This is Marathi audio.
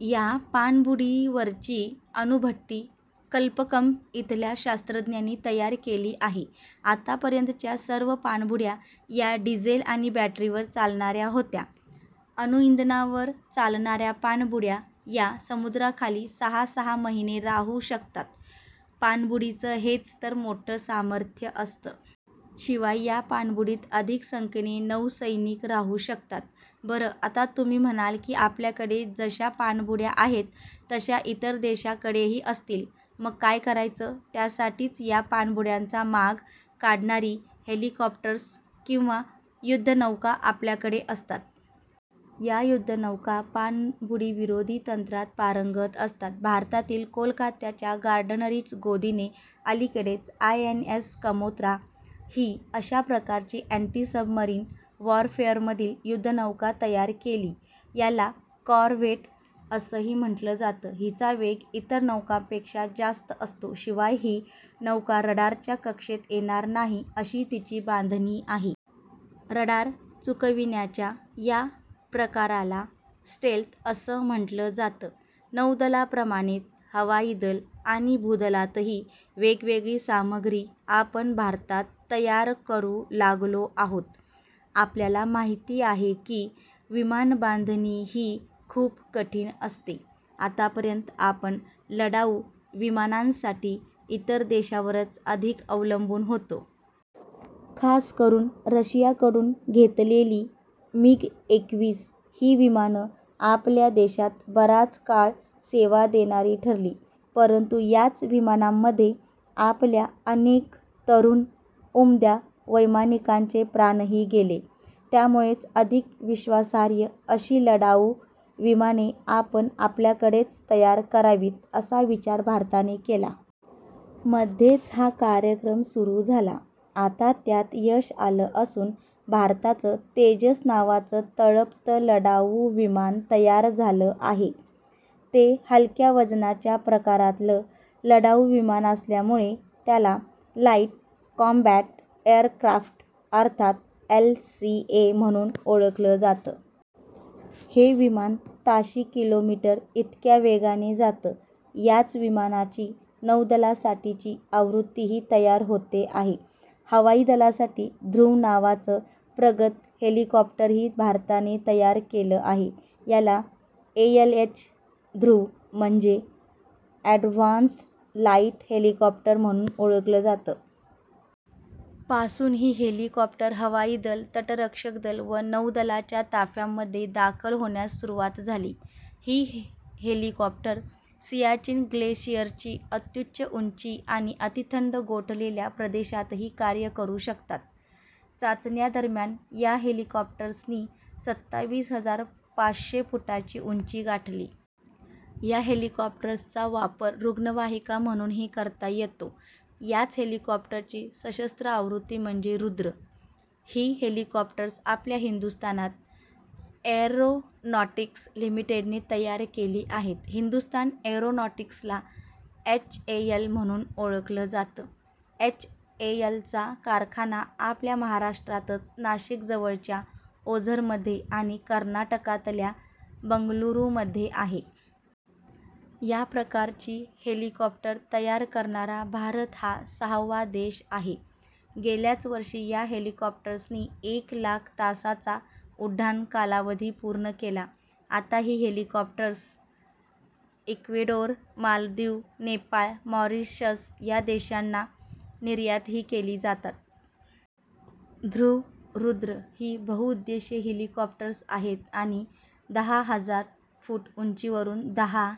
या पाणबुडीवरची अणुभट्टी कल्पक्कम इथल्या शास्त्रज्ञांनी तयार केली आहे. आतापर्यंतच्या सर्व पाणबुड्या या डिझेल आणि बॅटरीवर चालणाऱ्या होत्या. अणुइंधनावर चालणाऱ्या पाणबुड्या या समुद्राखाली सहा-सहा महिने राहू शकतात. पाणबुडीचं हेच तर मोठं सामर्थ्य असतं. शिवाय या पाणबुडीत अधिक संख्येने नौसैनिक राहू शकतात. बरं, आता तुम्ही म्हणाल की आपल्याकडे जशा पाणबुड्या आहेत, तशा इतर देशांकडेही असतील, मग काय करायचं? त्यासाठीच या पाणबुड्यांचा माग काढणारी हेलिकॉप्टर्स किंवा युद्धनौका आपल्याकडे असतात. या युद्धनौका पाणबुडीविरोधी तंत्रात पारंगत असतात. भारतातील कोलकात्याच्या गार्डनरीच गोदीने अलीकडेच आयएनएस कमोत्रा ही अशा प्रकारची एन्टीसबमरीन वॉरफेअरमधील युद्धनौका तयार केली. याला कॉरव्हेट असंही म्हटलं जातं. हिचा वेग इतर नौकांपेक्षा जास्त असतो. शिवाय ही नौका रडारच्या कक्षेत येणार नाही, अशी तिची बांधणी आहे. रडार चुकविण्याच्या या प्रकाराला स्टेल्थ असं म्हटलं जातं. नौदलाप्रमाणेच हवाई दल आणि भूदलातही वेगवेगळी सामग्री आपण भारतात तयार करू लागलो आहोत. आपल्याला माहिती आहे की विमानबांधणीही खूप कठीण असते. आतापर्यंत आपण लढाऊ विमानांसाठी इतर देशांवरच अधिक अवलंबून होतो. खासकरून रशियाकडून घेतलेली मिग एकवीस ही विमानं आपल्या देशात बराच काळ सेवा देणारी ठरली. परंतु याच विमानांमध्ये आपल्या अनेक तरुण उमद्या वैमानिकांचे प्राणही गेले. त्यामुळेच अधिक विश्वासार्ह अशी लढाऊ विमाने आपण आपल्याकडेच तयार करावीत, असा विचार भारताने केला. मध्येच हा कार्यक्रम सुरू झाला. आता त्यात यश आलं असून भारताचं तेजस नावाचं तळपतं लढाऊ विमान तयार झालं आहे. ते हलक्या वजनाच्या प्रकारातलं लढाऊ विमान असल्यामुळे त्याला लाइट कॉम्बॅट एअरक्राफ्ट अर्थात एलसीए म्हणून ओळखलं जातं. हे विमान ताशी किलोमीटर इतक्या वेगाने जातं. याच विमानाची नौदलासाठीची आवृत्तीही तयार होते आहे. हवाई दलासाठी ध्रुव नावाचं प्रगत हेलिकॉप्टरही भारताने तयार केलं आहे. याला एएलएच ध्रुव म्हणजे एडव्हान्स्ड लाइट हेलिकॉप्टर म्हणून ओळखलं जातं. पासून ही हेलिकॉप्टर हवाई दल, तटरक्षक दल व नौदलाच्या ताफ्यांमध्ये दाखल होण्यास सुरुवात झाली. ही हेलिकॉप्टर सियाचीन ग्लेशियरची अत्युच्च उंची आणि अतिथंड गोठलेल्या प्रदेशातही कार्य करू शकतात. चाचण्यांदरम्यान या हेलिकॉप्टर्सनी सत्तावीस हजार पाचशे फुटांची उंची गाठली. या हेलिकॉप्टर्सचा वापर रुग्णवाहिका म्हणूनही करता येतो. याच हेलिकॉप्टरची सशस्त्र आवृत्ती म्हणजे रुद्र. ही हेलिकॉप्टर्स आपल्या हिंदुस्तान एअरोनॉटिक्स लिमिटेडने तयार केली आहेत. हिंदुस्तान एअरोनॉटिक्सला एचएएल म्हणून ओळखलं जातं. एचएएलचा कारखाना आपल्या महाराष्ट्रातच नाशिकजवळच्या ओझरमध्ये आणि कर्नाटकातल्या बंगळुरूमध्ये आहे. या प्रकारची हेलिकॉप्टर तयार करणारा भारत हा सहावा देश आहे. गेल्याच वर्षी या हेलिकॉप्टर्सनी एक लाख तासांचा उड्डाण कालावधी पूर्ण केला. आता ही helicopters Ecuador, Maldives, Nepal, Mauritius या देशांना निर्यातही केली जातात. ध्रुव, रुद्र ही बहुउद्देशीय हेलिकॉप्टर्स आहेत आणि दहा हजार फूट उंचीवरून दहा